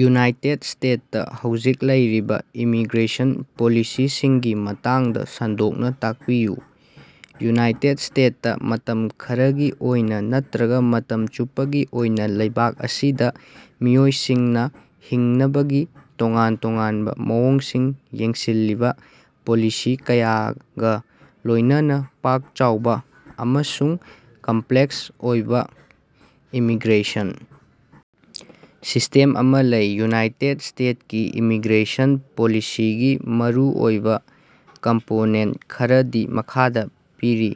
United ꯁ꯭ꯇꯦꯠꯁꯇ ꯍꯧꯖꯤꯛ ꯂꯩꯔꯤꯕ ꯏꯃꯤꯒ꯭ꯔꯦꯁꯟ ꯄꯣꯂꯤꯁꯤꯁꯤꯡꯒꯤ ꯃꯇꯥꯡꯗ ꯁꯟꯗꯣꯛꯅ ꯇꯥꯛꯄꯤꯌꯨ꯫ ꯌꯨꯅꯥꯏꯇꯦꯗ ꯁ꯭ꯇꯦꯠꯁꯇ ꯃꯇꯝ ꯈꯔꯒꯤ ꯑꯣꯏꯅ ꯅꯠꯇ꯭ꯔꯒ ꯃꯇꯝ ꯆꯨꯞꯄꯒꯤ ꯑꯣꯏꯅ ꯂꯩꯕꯥꯛ ꯑꯁꯤꯗ ꯃꯤꯑꯣꯏꯁꯤꯡꯅ ꯍꯤꯡꯅꯕꯒꯤ ꯇꯣꯉꯥꯟ-ꯇꯣꯉꯥꯟꯕ ꯃꯑꯣꯡꯁꯤꯡ ꯌꯦꯡꯁꯤꯜꯂꯤꯕ ꯄꯣꯂꯤꯁꯤ ꯀꯌꯥꯒ ꯂꯣꯏꯅꯅ ꯄꯥꯛ-ꯆꯥꯎꯕ ꯑꯃꯁꯨꯡ ꯀꯝꯄ꯭ꯂꯦꯛꯁ ꯑꯣꯏꯕ ꯏꯃꯤꯒ꯭ꯔꯦꯁꯟ ꯁꯤꯁꯇꯦꯝ ꯑꯃ ꯂꯩ꯫ ꯌꯨꯅꯥꯏꯇꯦꯠ ꯏꯁꯇꯦꯠꯁ ꯀꯤ ꯏꯃꯤꯒ꯭ꯔꯦꯁꯟ ꯄꯣꯂꯤꯁꯤꯒꯤ ꯃꯔꯨꯑꯣꯏꯕ ꯀꯝꯄꯣꯅꯦꯟꯇ ꯈꯔꯗꯤ ꯃꯈꯥꯗ ꯄꯤꯔꯤ: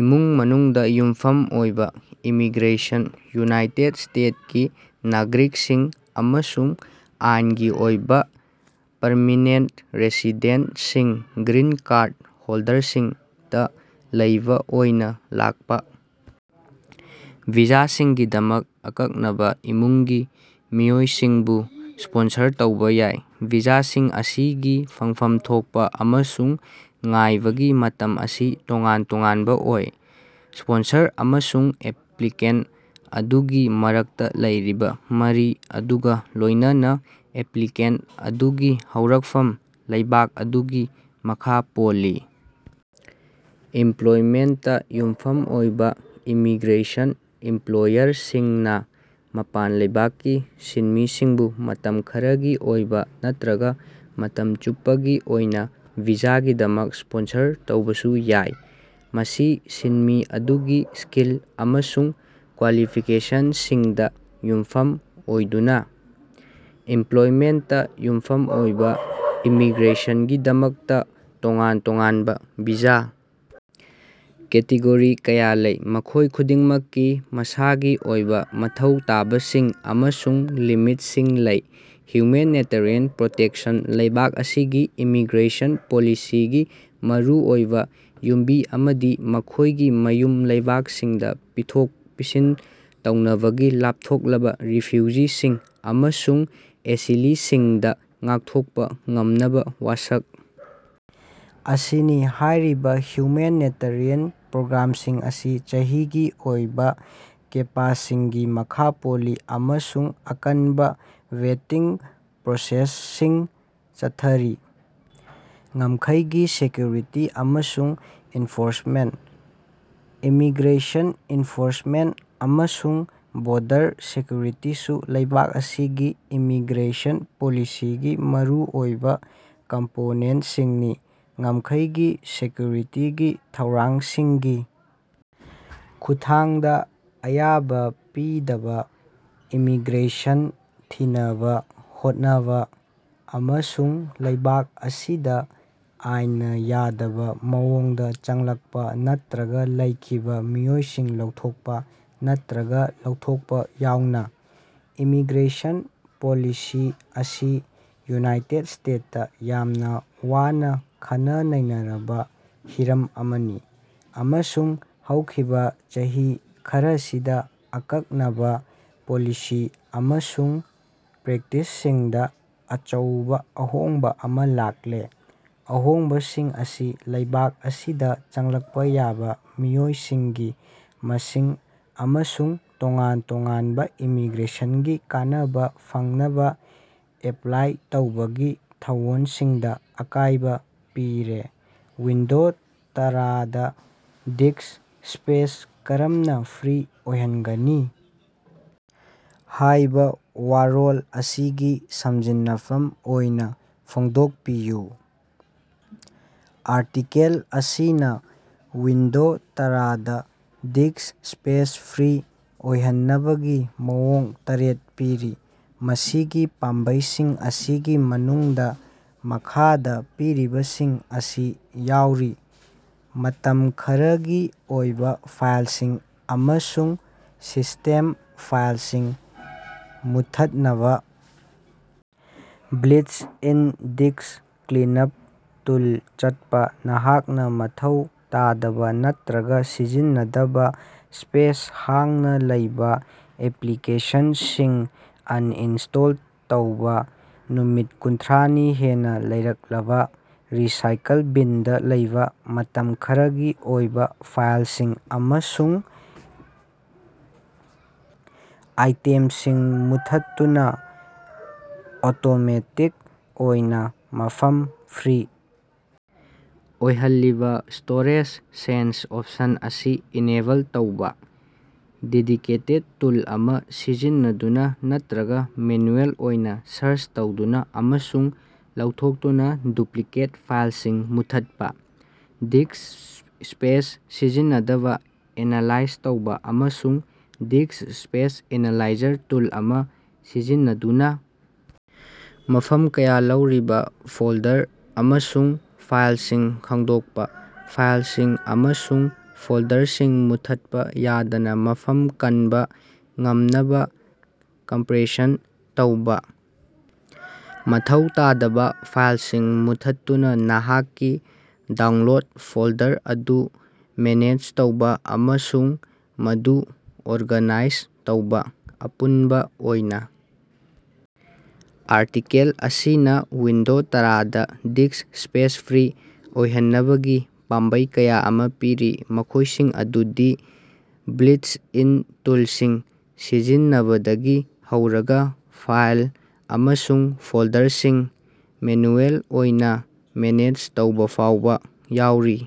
ꯏꯃꯨꯡ-ꯃꯅꯨꯡꯗ ꯌꯨꯝꯐꯝ ꯑꯣꯏꯕ ꯏꯃꯤꯒ꯭ꯔꯦꯁꯟ: ꯌꯨꯅꯥꯏꯇꯦꯗ ꯏꯁꯇꯦꯠꯁ ꯀꯤ ꯅꯥꯒꯔꯤꯛꯁꯤꯡ ꯑꯃꯁꯨꯡ ꯑꯥꯏꯟꯒꯤ ꯑꯣꯏꯕ ꯄꯔꯃꯦꯅꯦꯟꯇ ꯔꯦꯁꯤꯗꯦꯟꯇꯁꯤꯡ (ꯒ꯭ꯔꯤꯟ ꯀꯥꯔꯗ ꯍꯣꯜꯗꯔꯁꯤꯡ) ꯇꯥ ꯂꯩꯕ ꯑꯣꯏꯅ ꯂꯥꯛꯄ ꯚꯤꯖꯥꯁꯤꯡꯒꯤꯗꯃꯛ ꯑꯀꯛꯅꯕ ꯏꯃꯨꯡꯒꯤ ꯃꯤꯑꯣꯏꯁꯤꯡꯕꯨ ꯁ꯭ꯄꯣꯟꯁꯔ ꯇꯧꯕ ꯌꯥꯏ ꯚꯤꯖꯥꯁꯤꯡ ꯑꯁꯤꯒꯤ ꯐꯪꯐꯝ ꯊꯣꯛꯄ ꯑꯃꯁꯨꯡ ꯉꯥꯏꯕꯒꯤ ꯃꯇꯝ ꯑꯁꯤ ꯇꯣꯉꯥꯟ-ꯇꯣꯉꯥꯟꯕ ꯑꯣꯏ꯫ ꯁ꯭ꯄꯣꯟꯁꯔ ꯑꯃꯁꯨꯡ ꯑꯦꯄ꯭ꯂꯤꯀꯥꯟꯇ ꯑꯗꯨꯒꯤ ꯃꯔꯛꯇ ꯂꯩꯔꯤꯕ ꯃꯔꯤ ꯑꯗꯨꯒ ꯂꯣꯏꯅꯅ ꯑꯦꯄ꯭ꯂꯤꯀꯥꯟꯇ ꯑꯗꯨꯒꯤ ꯍꯧꯔꯛꯐꯝ ꯂꯩꯕꯥꯛ ꯑꯗꯨꯒꯤ ꯃꯈ ꯄꯣꯜꯂꯤ꯫ ꯏꯝꯄ꯭ꯂꯣꯏꯃꯦꯟꯇꯇꯥ ꯌꯨꯝꯐꯝ ꯑꯣꯏꯕ ꯏꯃꯤꯒ꯭ꯔꯦꯁꯟ: ꯏꯝꯄ꯭ꯂꯣꯌꯔꯁꯤꯡꯅ ꯃꯄꯥꯟ ꯂꯩꯕꯥꯛꯀꯤ ꯁꯤꯟꯃꯤꯁꯤꯡꯕꯨ ꯃꯇꯝ ꯈꯔꯒꯤ ꯑꯣꯏꯕ ꯅꯠꯇ꯭ꯔꯒ ꯃꯇꯝ ꯆꯨꯞꯄꯒꯤ ꯑꯣꯏꯅ ꯚꯤꯖꯥꯒꯤꯗꯃꯛ ꯁ꯭ꯄꯣꯟꯁꯔ ꯇꯧꯕꯁꯨ ꯌꯥꯏ, ꯃꯁꯤ ꯁꯤꯟꯃꯤ ꯑꯗꯨꯒꯤ ꯁ꯭ꯀꯤꯜ ꯑꯃꯁꯨꯡ ꯀ꯭ꯋꯥꯂꯤꯐꯤꯀꯦꯁꯟꯁꯤꯡꯗ ꯌꯨꯝꯐꯝ ꯑꯣꯏꯗꯨꯅ꯫ ꯏꯝꯄ꯭ꯂꯣꯏꯃꯦꯟꯇꯇꯥ ꯌꯨꯝꯐꯝ ꯑꯣꯏꯕ ꯏꯃꯤꯒ꯭ꯔꯦꯁꯟꯒꯤꯗꯃꯛꯇꯥ ꯇꯣꯉꯥꯟ-ꯇꯣꯉꯥꯟꯕ ꯚꯤꯖꯥ ꯀꯦꯇꯦꯒꯣꯔꯤ ꯀꯌꯥ ꯂꯩ, ꯃꯈꯣꯏ ꯈꯨꯗꯤꯡꯃꯛꯀꯤ ꯃꯁꯥꯒꯤ ꯑꯣꯏꯕ ꯃꯊꯧ ꯇꯥꯕꯁꯤꯡ ꯑꯃꯁꯨꯡ ꯂꯤꯃꯤꯠꯁꯤꯡ ꯂꯩ꯫ ꯍ꯭ꯌꯨꯃꯦꯅꯤꯇꯔꯤꯌꯥꯟ ꯄ꯭ꯔꯣꯇꯦꯛꯁꯟ: ꯂꯩꯕꯥꯛ ꯑꯁꯤꯒꯤ ꯏꯃꯤꯒ꯭ꯔꯦꯁꯟ ꯄꯣꯂꯤꯁꯤꯒꯤ ꯃꯔꯨꯑꯣꯏꯕ ꯌꯨꯝꯕꯤ ꯑꯃꯗꯤ ꯃꯈꯣꯏꯒꯤ ꯃꯌꯨꯝ ꯂꯩꯕꯥꯛꯁꯤꯡꯗ ꯄꯤꯊꯣꯛ-ꯄꯤꯁꯤꯟ ꯇꯧꯅꯕꯗꯒꯤ ꯂꯥꯞꯊꯣꯛꯂꯕ ꯔꯤꯐ꯭ꯌꯨꯖꯤꯁꯤꯡ ꯑꯃꯁꯨꯡ ꯑꯦꯁꯤꯂꯤꯁꯤꯡꯗꯥ ꯉꯥꯛꯊꯣꯛꯄ ꯉꯝꯅꯕ ꯋꯥꯁꯛ ꯑꯁꯤꯅꯤ꯫ ꯍꯥꯏꯔꯤꯕ ꯍ꯭ꯌꯨꯃꯦꯅꯤꯇꯔꯤꯌꯥꯟ ꯄ꯭ꯔꯣꯒ꯭ꯔꯥꯝꯁꯤꯡ ꯑꯁꯤ ꯆꯍꯤꯒꯤ ꯑꯣꯏꯕ ꯀꯦꯄꯥꯁꯤꯡꯒꯤ ꯃꯈꯥ ꯄꯣꯜꯂꯤ ꯑꯃꯁꯨꯡ ꯑꯀꯟꯕ ꯚꯦꯇꯤꯡ ꯄ꯭ꯔꯣꯁꯦꯁꯁꯤꯡ ꯆꯠꯊꯔꯤ꯫ ꯉꯝꯈꯩꯒꯤ ꯁꯦꯀ꯭ꯌꯨꯔꯤꯇꯤ ꯑꯃꯁꯨꯡ ꯏꯟꯐꯣꯔꯁꯃꯦꯟꯇ: ꯏꯃꯤꯒ꯭ꯔꯦꯁꯟ ꯏꯟꯐꯣꯔꯁꯃꯦꯟꯇ ꯑꯃꯁꯨꯡ ꯕꯣꯔꯗꯔ ꯁꯦꯀ꯭ꯌꯨꯔꯤꯇꯤꯁꯨ ꯂꯩꯕꯥꯛ ꯑꯁꯤꯒꯤ ꯏꯃꯤꯒ꯭ꯔꯦꯁꯟ ꯄꯣꯂꯤꯁꯤꯒꯤ ꯃꯔꯨꯑꯣꯏꯕ ꯀꯝꯄꯣꯅꯦꯟꯇꯁꯤꯡꯅꯤ꯫ ꯉꯝꯈꯩꯒꯤ ꯁꯦꯀ꯭ꯌꯨꯔꯤꯇꯤꯒꯤ ꯊꯧꯔꯥꯡꯁꯤꯡꯒꯤ ꯈꯨꯠꯊꯥꯡꯗ ꯑꯌꯥꯕ ꯄꯤꯗꯕ ꯏꯃꯤꯒ꯭ꯔꯦꯁꯟ ꯊꯤꯡꯅꯕ ꯍꯣꯠꯅꯕ, ꯑꯃꯁꯨꯡ ꯂꯩꯕꯥꯛ ꯑꯁꯤꯗ ꯑꯥꯏꯟꯅ ꯌꯥꯗꯕ ꯃꯑꯣꯡꯗꯥ ꯆꯪꯂꯛꯄ ꯅꯠꯇ꯭ꯔꯒ ꯂꯩꯈꯤꯕ ꯃꯤꯑꯣꯏꯁꯤꯡ ꯂꯧꯊꯣꯛꯄ ꯅꯠꯇ꯭ꯔꯒ ꯂꯧꯊꯣꯛꯄ ꯌꯥꯎꯅ꯫ ꯏꯃꯤꯒ꯭ꯔꯦꯁꯟ ꯄꯣꯂꯤꯁꯤ ꯑꯁꯤ ꯌꯨꯅꯥꯏꯇꯦꯗ ꯁ꯭ꯇꯦꯇꯁꯇ ꯌꯥꯝꯅ ꯋꯥꯅ ꯈꯟꯅ-ꯅꯩꯅꯔꯕ ꯍꯤꯔꯝ ꯑꯃꯅꯤ, ꯑꯃꯁꯨꯡ ꯍꯧꯈꯤꯕ ꯆꯍꯤ ꯈꯔꯁꯤꯗ ꯑꯀꯛꯅꯕ ꯄꯣꯂꯤꯁꯤ ꯑꯃꯁꯨꯡ ꯄ꯭ꯔꯦꯛꯇꯤꯁꯁꯤꯡꯗ ꯑꯆꯧꯕ ꯑꯍꯣꯡꯕ ꯑꯃ ꯂꯥꯛꯂꯦ꯫ ꯑꯍꯣꯡꯕꯁꯤꯡ ꯑꯁꯤꯅ ꯂꯩꯕꯥꯛ ꯑꯁꯤꯗ ꯆꯪꯂꯛꯄ ꯌꯥꯕ ꯃꯤꯑꯣꯏꯁꯤꯡꯒꯤ ꯃꯁꯤꯡ ꯑꯃꯁꯨꯡ ꯇꯣꯉꯥꯟ ꯇꯣꯉꯥꯟꯕ ꯏꯃꯤꯒ꯭ꯔꯦꯁꯟꯒꯤ ꯀꯥꯟꯅꯕ ꯐꯪꯅꯕ ꯑꯦꯄ꯭ꯂꯥꯏ ꯇꯧꯕꯒꯤ ꯊꯧꯑꯣꯡꯁꯤꯡꯗ ꯑꯀꯥꯏꯕ ꯄꯤꯔꯦ꯫ "ꯋꯥꯟꯗꯣꯖ ꯇꯔꯥꯗ ꯗꯤꯁ꯭ꯛ ꯁ꯭ꯄꯦꯁ ꯀꯔꯝꯅ ꯐ꯭ꯔꯤ ꯑꯣꯏꯍꯟꯒꯅꯤ?" ꯍꯥꯏꯕ ꯋꯥꯔꯣꯜ ꯑꯁꯤꯒꯤ ꯁꯝꯖꯤꯟꯅꯐꯝ ꯑꯣꯏꯅ ꯐꯣꯡꯗꯣꯛꯄꯤꯌꯨ꯫ ꯑꯥꯔꯇꯤꯀꯜ ꯑꯁꯤꯅ ꯋꯤꯟꯗꯣꯖ ꯇꯔꯥꯗ ꯗꯤꯁ꯭ꯛ ꯁ꯭ꯄꯦꯁ ꯐ꯭ꯔꯤ ꯑꯣꯏꯍꯟꯅꯕꯒꯤ ꯃꯑꯣꯡ ꯇꯔꯦꯠ ꯄꯤꯔꯤ, ꯃꯁꯤꯒꯤ ꯄꯥꯝꯕꯩꯁꯤꯡ ꯑꯁꯤꯒꯤ ꯃꯅꯨꯡꯗ ꯃꯈꯥꯗ ꯄꯤꯔꯤꯕꯁꯤꯡ ꯑꯁꯤ ꯌꯥꯎꯔꯤ: ꯃꯇꯝ ꯈꯔꯒꯤ ꯑꯣꯏꯕ ꯐꯥꯏꯜꯁꯤꯡ ꯑꯃꯁꯨꯡ ꯁꯤꯁ꯭ꯇꯦꯝ ꯐꯥꯏꯜꯁꯤꯡ ꯃꯨꯠꯊꯠꯅꯕ ꯕꯤꯜꯇ-ꯏꯟ ꯗꯤꯁ꯭ꯛ ꯀ꯭ꯂꯤꯟꯑꯞ ꯇꯨꯜ ꯆꯠꯄ꯫ ꯅꯍꯥꯛꯅ ꯃꯊꯧ ꯇꯥꯗꯕ ꯅꯠꯇꯔꯒ ꯁꯤꯖꯤꯟꯅꯗꯕ ꯁ꯭ꯄꯦꯁ-ꯍꯥꯡꯅ ꯂꯩꯕ ꯑꯦꯄ꯭ꯂꯤꯀꯦꯁꯟꯁꯤꯡ ꯑꯟꯏꯟꯁꯇꯣꯜ ꯇꯧꯕ꯫ ꯅꯨꯃꯤꯠ ꯀꯨꯟꯊ꯭ꯔꯥꯅꯤ ꯍꯦꯟꯅ ꯂꯩꯔꯛꯂꯕ ꯔꯤꯁꯥꯏꯀꯜ ꯕꯤꯟꯗ ꯂꯩꯕ ꯃꯇꯝ ꯈꯔꯒꯤ ꯑꯣꯏꯕ ꯐꯥꯏꯜꯁꯤꯡ ꯑꯃꯁꯨꯡ ꯑꯥꯏꯇꯦꯝꯁꯤꯡ ꯃꯨꯠꯊꯠꯇꯨꯅ ꯑꯣꯇꯣꯃꯦꯇꯤꯛ ꯑꯣꯏꯅ ꯃꯐꯝ ꯐ꯭ꯔꯤ ꯑꯣꯏꯍꯜꯂꯤꯕ ꯁ꯭ꯇꯣꯔꯦꯖ ꯁꯦꯟꯁ ꯑꯣꯞꯁꯟ ꯑꯁꯤ ꯏꯅꯦꯕꯜ ꯇꯧꯕ꯫ ꯗꯦꯗꯤꯀꯦꯇꯦꯗ ꯇꯨꯜ ꯑꯃ ꯁꯤꯖꯤꯟꯅꯗꯨꯅ ꯅꯠꯇ꯭ꯔꯒ ꯃꯦꯅꯨꯑꯦꯜ ꯑꯣꯏꯅ ꯁꯥꯔꯆ ꯇꯧꯗꯨꯅ ꯑꯃꯁꯨꯡ ꯂꯧꯊꯣꯛꯇꯨꯅ ꯗꯨꯄ꯭ꯂꯤꯀꯦꯠ ꯐꯥꯏꯜꯁꯤꯡ ꯃꯨꯠꯊꯠꯄ꯫ ꯗꯤꯁ꯭ꯛ ꯁ꯭ꯄꯦꯁ ꯁꯤꯖꯤꯟꯅꯕ ꯑꯦꯅꯥꯂꯥꯏꯖ ꯇꯧꯕ ꯑꯃꯁꯨꯡ ꯗꯤꯁ꯭ꯛ ꯁ꯭ꯄꯦꯁ ꯑꯦꯅꯥꯂꯥꯏꯖꯔ ꯇꯨꯜ ꯑꯃ ꯁꯤꯖꯤꯟꯅꯗꯨꯅ ꯃꯐꯝ ꯀꯌ ꯂꯧꯔꯤꯕ ꯐꯣꯜꯗꯔ ꯑꯃꯁꯨꯡ ꯐꯥꯏꯜꯁꯤꯡ ꯈꯪꯗꯣꯛꯄ꯫ ꯐꯥꯏꯜꯁꯤꯡ ꯑꯃꯁꯨꯡ ꯐꯣꯜꯗꯔꯁꯤꯡ ꯃꯨꯠꯊꯠꯄ ꯌꯥꯗꯅ ꯃꯐꯝ ꯀꯟꯕ ꯉꯝꯅꯕ ꯀꯝꯄ꯭ꯔꯦꯁꯟ ꯇꯧꯕ꯫ ꯃꯊꯧ ꯇꯥꯗꯕ ꯐꯥꯏꯜꯁꯤꯡ ꯃꯨꯠꯊꯠꯇꯨꯅ ꯅꯍꯥꯛꯀꯤ ꯗꯥꯎꯟꯂꯣꯗ ꯐꯣꯜꯗꯔ ꯑꯗꯨ ꯃꯦꯅꯦꯖ ꯇꯧꯕ ꯑꯃꯁꯨꯡ ꯃꯗꯨ ꯑꯣꯔꯒꯥꯅꯥꯏꯖ ꯇꯧꯕ꯫ ꯑꯄꯨꯟꯕ ꯑꯣꯏꯅ ꯑꯥꯔꯇꯤꯀꯜ ꯑꯁꯤꯅ ꯋꯤꯟꯗꯣꯖ ꯇꯔꯥꯗ ꯗꯤꯁ꯭ꯛ ꯁ꯭ꯄꯦꯁ ꯐ꯭ꯔꯤ ꯑꯣꯏꯍꯟꯅꯕꯒꯤ ꯄꯥꯝꯕꯩ ꯀꯌ ꯑꯃ ꯄꯤꯔꯤ, ꯃꯈꯣꯏꯁꯤꯡ ꯑꯗꯨꯗꯤ ꯕꯤꯜꯇ-ꯏꯟ ꯇꯨꯜꯁꯤꯡ ꯁꯤꯖꯤꯟꯅꯕꯗꯒꯤ ꯍꯧꯔꯒ ꯐꯥꯏꯜ ꯑꯃꯁꯨꯡ ꯐꯣꯜꯗꯔꯁꯤꯡ ꯃꯦꯅꯨꯑꯦꯜ ꯑꯣꯏꯅ ꯃꯦꯅꯦꯖ ꯇꯧꯕꯐꯥꯎꯕ ꯌꯥꯎꯔꯤ꯫